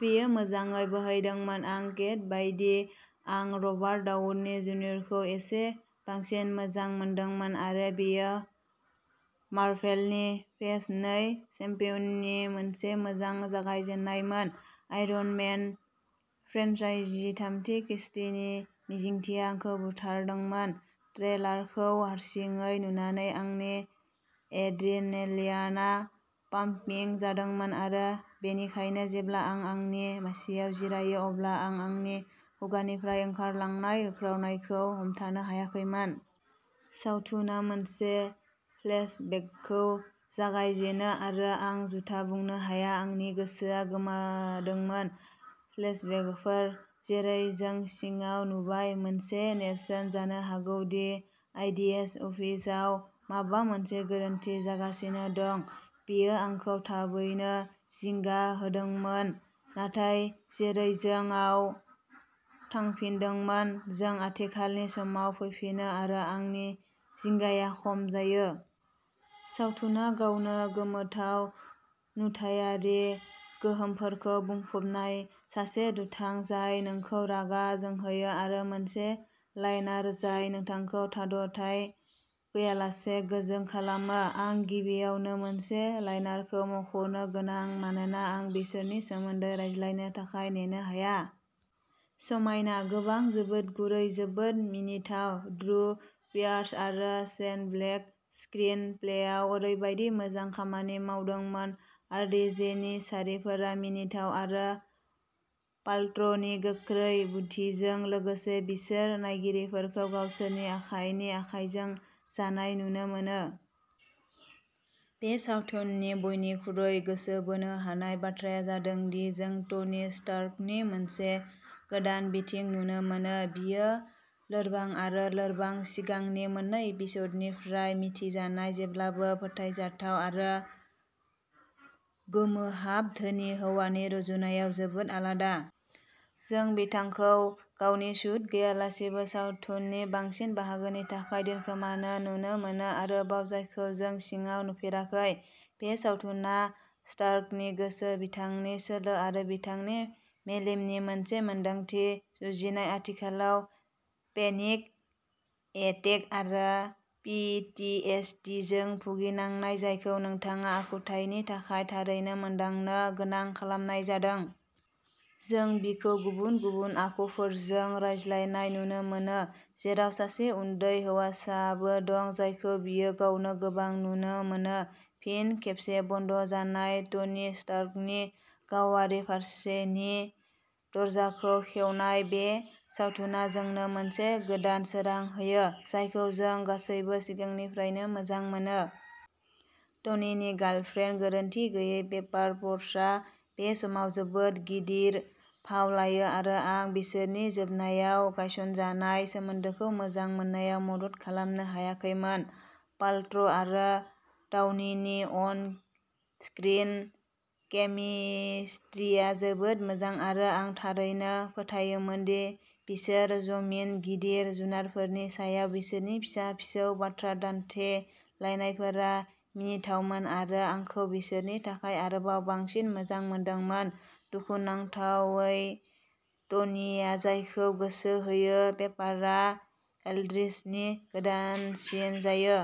बेयो मोजाङै बोहैदोंमोन। आं केट बायदि आं रबार्ट डाउनि जुनियरखौ एसे बांसिन मोजां मोनदोंमोन आरो बेयो मारभेलनि फेज नै केम्पेयननि मोनसे मोजां जागायजेन्नायमोन। आयरन मेन फ्रेन्चाइजीनि थामथि किस्तिनि मिजिंथिया आंखौ बुथारदोंमोन, ट्रेलारखौ हारसिङै नुनानै आंनि एड्रेनालिनआ पाम्पिं जादोंमोन, आरो बेनिखायनो जेब्ला आं आंनि मासिआव जिरायो, अब्ला आं आंनि खुगानिफ्राय ओंखारलांनाय होख्रावनायखौ हमथानो हायाखैमोन। सावथुना मोनसे फ्लेशबेकजों जागायजेनो आरो आं झूथा बुंनो हाया, आंनि गोसोआ गोमादोंमोन। फ्लेशबेकफोर, जेरै जों सिगाङाव नुबाय, मोनसे नेरसोन जानो हागौ दि आइडियाज अफिसआव माबा मोनसे गोरोन्थि जागासिनो दं। बेयो आंखौ थाबैनो जिंगा होदोंमोन नाथाय जेरै जों आव थांफिनदोंमोन, जों आथिखालनि समाव फैफिनो आरो आंनि जिंगाया खम जायो। सावथुना गावनो गोमोथाव नुथायारि गोहोमफोरजों बुंफबनाय, सासे दुथां जाय नोंखौ रागा जोंहोयो आरो मोनसे लाइनार जाय नोंथांखौ थाद'थाय गैयालासे गोजों खालामो। आं गिबियावनो मोनसे लाइनारखौ मख'नो गोनां मानोना आं बिसोरनि सोमोन्दै रायज्लायनो थाखाय नेनो हाया। समायना। गोबां, जोबोद गुरै, जोबोद मिनिथाव। ड्रु पियार्स आरो शेन ब्लेकआ स्क्रिन प्लेआव ओरैबायदि मोजां खामानि मावदोंमोन, आरडिजेनि सारिफोरा मिनिथाव, आरो पाल्ट्र'नि गोख्रै बुद्दिजों लोगोसे, बिसोर नायगिरिफोरखौ गावसोरनि आखाइनि आखाइजों जानाय नुनो मोनो।। बे सावथुननि बयनिख्रुइ गोसो बोनो हानाय बाथ्राया जादों दि जों टनि स्टार्कनि मोनसे गोदान बिथिं नुनो मोनो, बियो लोरबां आरो लोरबां सिगांनि मोन्नै एपिस'डनिफ्राय मिथिजानाय जेब्लाबो फोथायजाथाव आरो गोमोहाब धोनि हौवानि रुजुनायाव जोबोद आलादा। जों बिथांखौ गावनि सुट गैयालासेबो सावथुननि बांसिन बाहागोनि थाखाय दोनखोमानो नुनो मोनो, आरोबाव जायखौ जों सिगाङाव नुफेराखै। बे सावथुना स्टार्कनि गोसो, बिथांनि सोलो आरो बिथांनि मेलेमनि मोनसे मोनदांथि। जुजिनाय आथिखालाव पेनिक एटेक आरो पि टि एस डि जों भुगिनांनाय, जायखौ नोंथाङा आखुथायनि थाखाय थारैनो मोनदांनो गोनां खालामनाय जादों। जों बिखौ गुबुन गुबुन आखुफोरजों रायज्लायनाय नुनो मोनो, जेराव सासे उन्दै हौवासाबो दं जायखौ बियो गावनो गोबां नुनो मोनो फिन खेबसे बन्द जानाय टनि स्टार्कनि गावारि फारसेनि दरजाखौ खेवनाय। बे सावथुना जोंनो मोनसे गोदान सोरां होयो, जायखौ जों गासैबो सिगांनिफ्रायनो मोजां मोनो। टनिनि गार्लफ्रेन्ड, गोरोनथि गैयै पेपार पट्स आ बे समाव जोबोद गिदिर फाव लायो आरो आं बिसोरनि जोबनायाव गायसनजानाय सोमोन्दोखौ मोजां मोननायाव मदद खालामनो हायाखैमोन। पाल्ट्र'आरो डाउनिनि अन स्क्रिन केमिस्ट्रिया जोबोद मोजां आरो आं थारैनो फोथायोमोन दि बिसोर ज'मोन; गिदिर जुनारफोरनि सायाव बिसोरनि फिसा-फिसौ बाथ्रा दान्थेलायनायफोरा मिनिथावमोन आरो आंखौ बिसोरनि थाखाय आरोबाव बांसिन मोजां मोनदोंमोन। दुखुनांथावै, टनिआ जायखौ गोसो होयो, पेपारआ एल्ड्रिचनि गोदानसिन जायो।